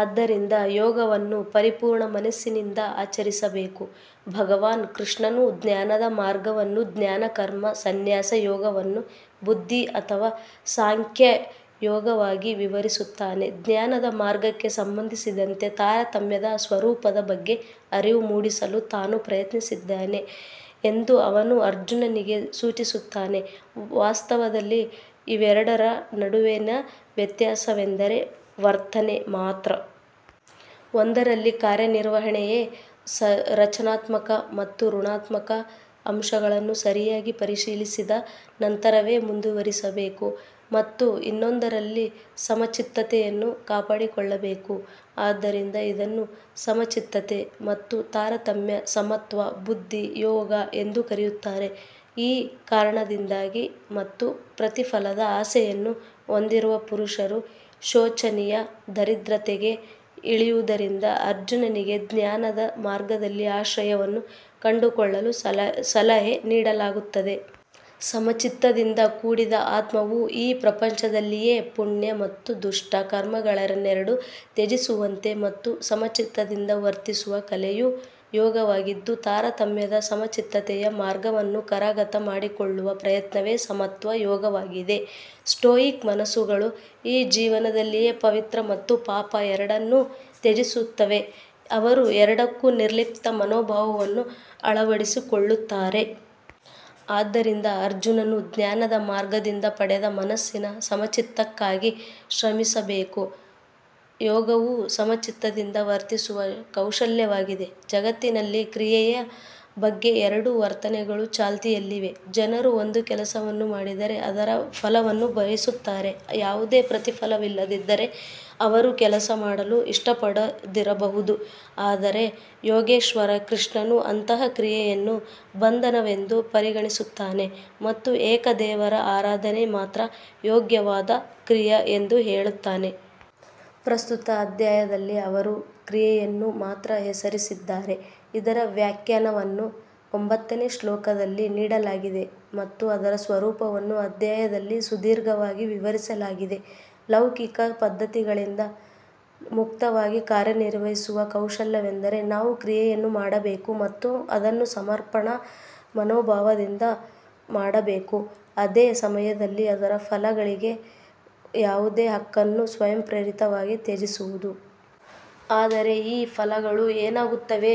ಆದ್ದರಿಂದ ಯೋಗವನ್ನು ಪರಿಪೂರ್ಣ ಮನಸ್ಸಿನಿಂದ ಆಚರಿಸಬೇಕು. ಭಗವಾನ್ ಕೃಷ್ಣನು ಜ್ಞಾನದ ಮಾರ್ಗವನ್ನು ಜ್ಞಾನ ಕರ್ಮ ಸನ್ಯಾಸ ಯೋಗವನ್ನು ಬುದ್ಧಿ ಅಥವಾ ಸಾಂಖ್ಯ ಯೋಗವಾಗಿ ವಿವರಿಸುತ್ತಾನೆ. ಜ್ಞಾನದ ಮಾರ್ಗಕ್ಕೆ ಸಂಬಂಧಿಸಿದಂತೆ ತಾರತಮ್ಯದ ಸ್ವರೂಪದ ಬಗ್ಗೆ ಅರಿವು ಮೂಡಿಸಲು ತಾನು ಪ್ರಯತ್ನಿಸಿದ್ದೇನೆ ಎಂದು ಅವನು ಅರ್ಜುನನಿಗೆ ಸೂಚಿಸುತ್ತಾನೆ. ವಾಸ್ತವದಲ್ಲಿ ಇವೆರಡರ ನಡುವಿನ ವ್ಯತ್ಯಾಸವೆಂದರೆ ವರ್ತನೆ ಮಾತ್ರ. ಒಂದರಲ್ಲಿ ಕಾರ್ಯನಿರ್ವಹಣೆಯ ರಚನಾತ್ಮಕ ಮತ್ತು ಋಣಾತ್ಮಕ ಅಂಶಗಳನ್ನು ಸರಿಯಾಗಿ ಪರಿಶೀಲಿಸಿದ ನಂತರವೇ ಮುಂದುವರಿಯಬೇಕು ಮತ್ತು ಇನ್ನೊಂದರಲ್ಲಿ ಸಮಚಿತ್ತತೆಯನ್ನು ಕಾಪಾಡಿಕೊಳ್ಳಬೇಕು. ಆದ್ದರಿಂದ ಇದನ್ನು ಸಮಚಿತ್ತತೆ ಮತ್ತು ತಾರತಮ್ಯ ಸಮತ್ವ ಬುದ್ಧಿ ಯೋಗ ಎಂದೂ ಕರೆಯುತ್ತಾರೆ. ಈ ಕಾರಣದಿಂದಾಗಿ ಮತ್ತು ಪ್ರತಿಫಲದ ಆಸೆಯನ್ನು ಹೊಂದಿರುವ ಪುರುಷರು ಶೋಚನೀಯ ದರಿದ್ರತೆಗೆ ಇಳಿಯುವುದರಿಂದ ಅರ್ಜುನನಿಗೆ ಜ್ಞಾನದ ಮಾರ್ಗದಲ್ಲಿ ಆಶ್ರಯವನ್ನು ಕಂಡುಕೊಳ್ಳಲು ಸಲಹೆ ನೀಡಲಾಗುತ್ತದೆ. ಸಮಚಿತ್ತದಿಂದ ಕೂಡಿದ ಆತ್ಮವು ಈ ಪ್ರಪಂಚದಲ್ಲಿಯೇ ಪುಣ್ಯ ಮತ್ತು ದುಷ್ಟ ಕರ್ಮಗಳೆರಡನ್ನೂ ತ್ಯಜಿಸುವಂತೆ ಮತ್ತು ಸಮಚಿತ್ತದಿಂದ ವರ್ತಿಸುವ ಕಲೆಯು ಯೋಗವಾಗಿದ್ದು ತಾರತಮ್ಯದ ಸಮಚಿತ್ತತೆಯ ಮಾರ್ಗವನ್ನು ಕರಗತ ಮಾಡಿಕೊಳ್ಳುವ ಪ್ರಯತ್ನವೇ ಸಮತ್ವ ಯೋಗವಾಗಿದೆ. ಸ್ಟೋಯಿಕ್ ಮನಸ್ಸುಗಳು ಈ ಜೀವನದಲ್ಲಿಯೇ ಪವಿತ್ರ ಮತ್ತು ಪಾಪ ಎರಡನ್ನೂ ತ್ಯಜಿಸುತ್ತವೆ. ಅವರು ಎರಡಕ್ಕೂ ನಿರ್ಲಿಪ್ತ ಮನೋಭಾವವನ್ನು ಅಳವಡಿಸಿಕೊಳ್ಳುತ್ತಾರೆ. ಆದ್ದರಿಂದ ಅರ್ಜುನನು ಜ್ಞಾನದ ಮಾರ್ಗದಿಂದ ಪಡೆದ ಮನಸ್ಸಿನ ಸಮಚಿತ್ತಕ್ಕಾಗಿ ಶ್ರಮಿಸಬೇಕು. ಯೋಗವು ಸಮಚಿತ್ತದಿಂದ ವರ್ತಿಸುವ ಕೌಶಲ್ಯವಾಗಿದೆ. ಜಗತ್ತಿನಲ್ಲಿ ಕ್ರಿಯೆಯ ಬಗ್ಗೆ ಎರಡು ವರ್ತನೆಗಳು ಚಾಲ್ತಿಯಲ್ಲಿವೆ. ಜನರು ಒಂದು ಕೆಲಸವನ್ನು ಮಾಡಿದರೆ ಅದರ ಫಲವನ್ನೂ ಬಯಸುತ್ತಾರೆ. ಯಾವುದೇ ಪ್ರತಿಫಲವಿಲ್ಲದಿದ್ದರೆ ಅವರು ಕೆಲಸ ಮಾಡಲು ಇಷ್ಟಪಡದಿರಬಹುದು. ಆದರೆ ಯೋಗೇಶ್ವರ ಕೃಷ್ಣನು ಅಂತಹ ಕ್ರಿಯೆಯನ್ನು ಬಂಧನವೆಂದು ಪರಿಗಣಿಸುತ್ತಾನೆ ಮತ್ತು ಏಕ ದೇವರ ಆರಾಧನೆ ಮಾತ್ರ ಯೋಗ್ಯವಾದ ಕ್ರಿಯೆ ಎಂದು ಹೇಳುತ್ತಾನೆ. ಪ್ರಸ್ತುತ ಅಧ್ಯಾಯದಲ್ಲಿ ಅವರು ಕ್ರಿಯೆಯನ್ನು ಮಾತ್ರ ಹೆಸರಿಸಿದ್ದಾರೆ. ಇದರ ವ್ಯಾಖ್ಯಾನವನ್ನು ಒಂಬತ್ತನೇ ಶ್ಲೋಕದಲ್ಲಿ ನೀಡಲಾಗಿದೆ ಮತ್ತು ಅದರ ಸ್ವರೂಪವನ್ನು ಅಧ್ಯಾಯದಲ್ಲಿ ಸುದೀರ್ಘವಾಗಿ ವಿವರಿಸಲಾಗಿದೆ. ಲೌಕಿಕ ಪದ್ಧತಿಗಳಿಂದ ಮುಕ್ತವಾಗಿ ಕಾರ್ಯನಿರ್ವಹಿಸುವ ಕೌಶಲ್ಯವೆಂದರೆ ನಾವು ಕ್ರಿಯೆಯನ್ನು ಮಾಡಬೇಕು ಮತ್ತು ಅದನ್ನು ಸಮರ್ಪಣಾ ಮನೋಭಾವದಿಂದ ಮಾಡಬೇಕು. ಅದೇ ಸಮಯದಲ್ಲಿ ಅದರ ಫಲಗಳಿಗೆ ಯಾವುದೇ ಹಕ್ಕನ್ನು ಸ್ವಯಂಪ್ರೇರಿತವಾಗಿ ತ್ಯಜಿಸುವುದು. ಆದರೆ ಈ ಫಲಗಳು ಏನಾಗುತ್ತವೆ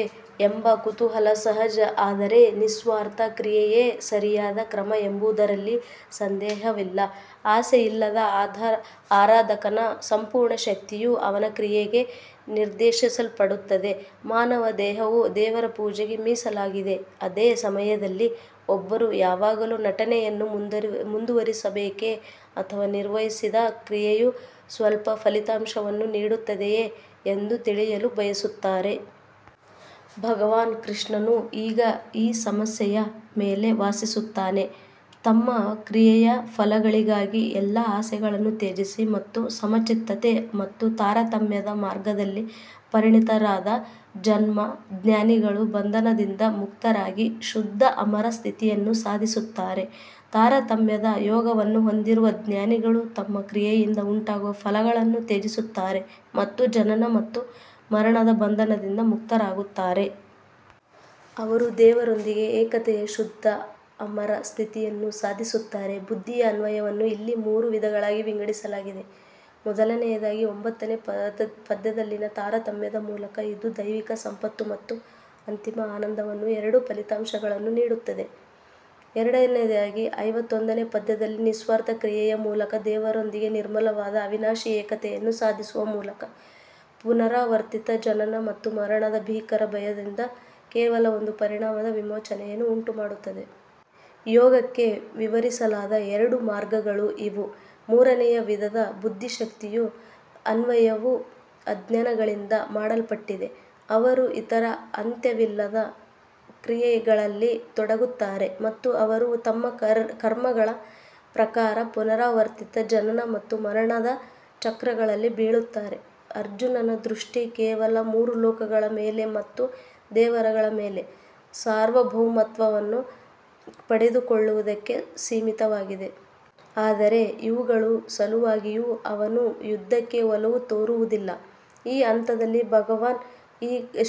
ಎಂಬ ಕುತೂಹಲ ಸಹಜ. ಆದರೆ ನಿಸ್ವಾರ್ಥ ಕ್ರಿಯೆಯೇ ಸರಿಯಾದ ಕ್ರಮ ಎಂಬುದರಲ್ಲಿ ಸಂದೇಹವಿಲ್ಲ. ಆಸೆಯಿಲ್ಲದ ಆರಾಧಕನ ಸಂಪೂರ್ಣ ಶಕ್ತಿಯು ಅವನ ಕ್ರಿಯೆಗೆ ನಿರ್ದೇಶಿಸಲ್ಪಡುತ್ತದೆ. ಮಾನವ ದೇಹವು ದೇವರ ಪೂಜೆಗೆ ಮೀಸಲಾಗಿದೆ. ಅದೇ ಸಮಯದಲ್ಲಿ ಒಬ್ಬರು ಯಾವಾಗಲೂ ನಟನೆಯನ್ನು ಮುಂದುವರಿಸಬೇಕೇ ಅಥವಾ ನಿರ್ವಹಿಸಿದ ಕ್ರಿಯೆಯು ಸ್ವಲ್ಪ ಫಲಿತಾಂಶವನ್ನು ನೀಡುತ್ತದೆಯೇ ಎಂದು ತಿಳಿಯಲು ಬಯಸುತ್ತಾರೆ. ಭಗವಾನ್ ಕೃಷ್ಣನು ಈಗ ಈ ಸಮಸ್ಯೆಯ ಮೇಲೆ ವಾಸಿಸುತ್ತಾನೆ. ತಮ್ಮ ಕ್ರಿಯೆಯ ಫಲಗಳಿಗಾಗಿ ಎಲ್ಲಾ ಆಸೆಗಳನ್ನು ತ್ಯಜಿಸಿ ಮತ್ತು ಸಮಚಿತ್ತತೆ ಮತ್ತು ತಾರತಮ್ಯದ ಮಾರ್ಗದಲ್ಲಿ ಪರಿಣತರಾದ ಜನ್ಮ ಜ್ಞಾನಿಗಳ ಬಂಧನದಿಂದ ಮುಕ್ತರಾಗಿ ಶುದ್ಧ ಅಮರ ಸ್ಥಿತಿಯನ್ನು ಸಾಧಿಸುತ್ತಾರೆ. ತಾರತಮ್ಯದ ಯೋಗವನ್ನು ಹೊಂದಿರುವ ಜ್ಞಾನಿಗಳು ತಮ್ಮ ಕ್ರಿಯೆಯಿಂದ ಉಂಟಾಗುವ ಫಲಗಳನ್ನು ತ್ಯಜಿಸುತ್ತಾರೆ ಮತ್ತು ಜನನ ಮತ್ತು ಮರಣದ ಬಂಧನದಿಂದ ಮುಕ್ತರಾಗುತ್ತಾರೆ. ಅವರು ದೇವರೊಂದಿಗೆ ಏಕತೆಯ ಶುದ್ಧ ಅಮರ ಸ್ಥಿತಿಯನ್ನು ಸಾಧಿಸುತ್ತಾರೆ. ಬುದ್ಧಿಯ ಅನ್ವಯವನ್ನು ಇಲ್ಲಿ ಮೂರು ವಿಧಗಳಾಗಿ ವಿಂಗಡಿಸಲಾಗಿದೆ. ಮೊದಲನೆಯದಾಗಿ ಒಂಬತ್ತನೇ ಪದ್ಯದಲ್ಲಿನ ತಾರತಮ್ಯದ ಮೂಲಕ ಇದು ದೈವಿಕ ಸಂಪತ್ತು ಮತ್ತು ಅಂತಿಮ ಆನಂದವನ್ನು ಎರಡು ಫಲಿತಾಂಶಗಳನ್ನು ನೀಡುತ್ತದೆ. ಎರಡನೆಯದಾಗಿ ಐವತ್ತೊಂದನೇ ಪದ್ಯದಲ್ಲಿ ನಿಸ್ವಾರ್ಥ ಕ್ರಿಯೆಯ ಮೂಲಕ ದೇವರೊಂದಿಗೆ ನಿರ್ಮಲವಾದ ಅವಿನಾಶಿ ಏಕತೆಯನ್ನು ಸಾಧಿಸುವ ಮೂಲಕ ಪುನರಾವರ್ತಿತ ಜನನ ಮತ್ತು ಮರಣದ ಭೀಕರ ಭಯದಿಂದ ಕೇವಲ ಒಂದು ಪರಿಣಾಮದ ವಿಮೋಚನೆಯನ್ನು ಉಂಟುಮಾಡುತ್ತದೆ. ಯೋಗಕ್ಕೆ ವಿವರಿಸಲಾದ ಎರಡು ಮಾರ್ಗಗಳು ಇವು. ಮೂರನೆಯ ವಿಧದ ಬುದ್ಧಿಶಕ್ತಿಯ ಅನ್ವಯವು ಅಜ್ಞಾನಿಗಳಿಂದ ಮಾಡಲ್ಪಟ್ಟಿದೆ. ಅವರು ಇತರ ಅಂತ್ಯವಿಲ್ಲದ ಕ್ರಿಯೆಗಳಲ್ಲಿ ತೊಡಗುತ್ತಾರೆ ಮತ್ತು ಅವರು ತಮ್ಮ ಕರ್ಮಗಳ ಪ್ರಕಾರ ಪುನರಾವರ್ತಿತ ಜನನ ಮತ್ತು ಮರಣದ ಚಕ್ರಗಳಲ್ಲಿ ಬೀಳುತ್ತಾರೆ. ಅರ್ಜುನನ ದೃಷ್ಟಿ ಕೇವಲ ಮೂರು ಲೋಕಗಳ ಮೇಲೆ ಮತ್ತು ದೇವರುಗಳ ಮೇಲೆ ಸಾರ್ವಭೌಮತ್ವವನ್ನು ಪಡೆದುಕೊಳ್ಳುವುದಕ್ಕೆ ಸೀಮಿತವಾಗಿದೆ. ಆದರೆ ಇವುಗಳ ಸಲುವಾಗಿಯೂ ಅವನು ಯುದ್ಧಕ್ಕೆ ಒಲವು ತೋರುವುದಿಲ್ಲ. ಈ ಹಂತದಲ್ಲಿ ಭಗವಾನ್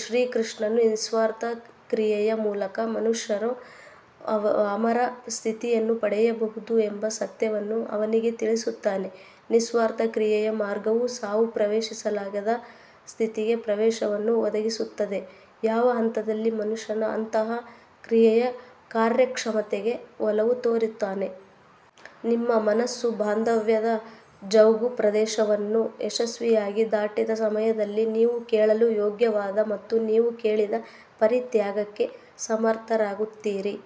ಶ್ರೀಕೃಷ್ಣನು ನಿಸ್ವಾರ್ಥ ಕ್ರಿಯೆಯ ಮೂಲಕ ಮನುಷ್ಯನು ಅಮರ ಸ್ಥಿತಿಯನ್ನು ಪಡೆಯಬಹುದು ಎಂಬ ಸತ್ಯವನ್ನು ಅವನಿಗೆ ತಿಳಿಸುತ್ತಾನೆ. ನಿಸ್ವಾರ್ಥ ಕ್ರಿಯೆಯ ಮಾರ್ಗವು ಸಾವು ಪ್ರವೇಶಿಸಲಾಗದ ಸ್ಥಿತಿಗೆ ಪ್ರವೇಶವನ್ನು ಒದಗಿಸುತ್ತದೆ. ಯಾವ ಹಂತದಲ್ಲಿ ಮನುಷ್ಯ ಅಂತಹ ಕ್ರಿಯೆಯ ಕಾರ್ಯಕ್ಷಮತೆಗೆ ಒಲವು ತೋರುತ್ತಾನೆ. ನಿಮ್ಮ ಮನಸ್ಸು ಬಾಂಧವ್ಯದ ಜೌಗುಪ್ರದೇಶವನ್ನು ಯಶಸ್ವಿಯಾಗಿ ದಾಟಿದ ಸಮಯದಲ್ಲಿ ನೀವು ಕೇಳಲು ಯೋಗ್ಯವಾದ ಮತ್ತು ನೀವು ಕೇಳಿದ ಪರಿತ್ಯಾಗಕ್ಕೆ ಸಮರ್ಥರಾಗುತ್ತೀರಿ.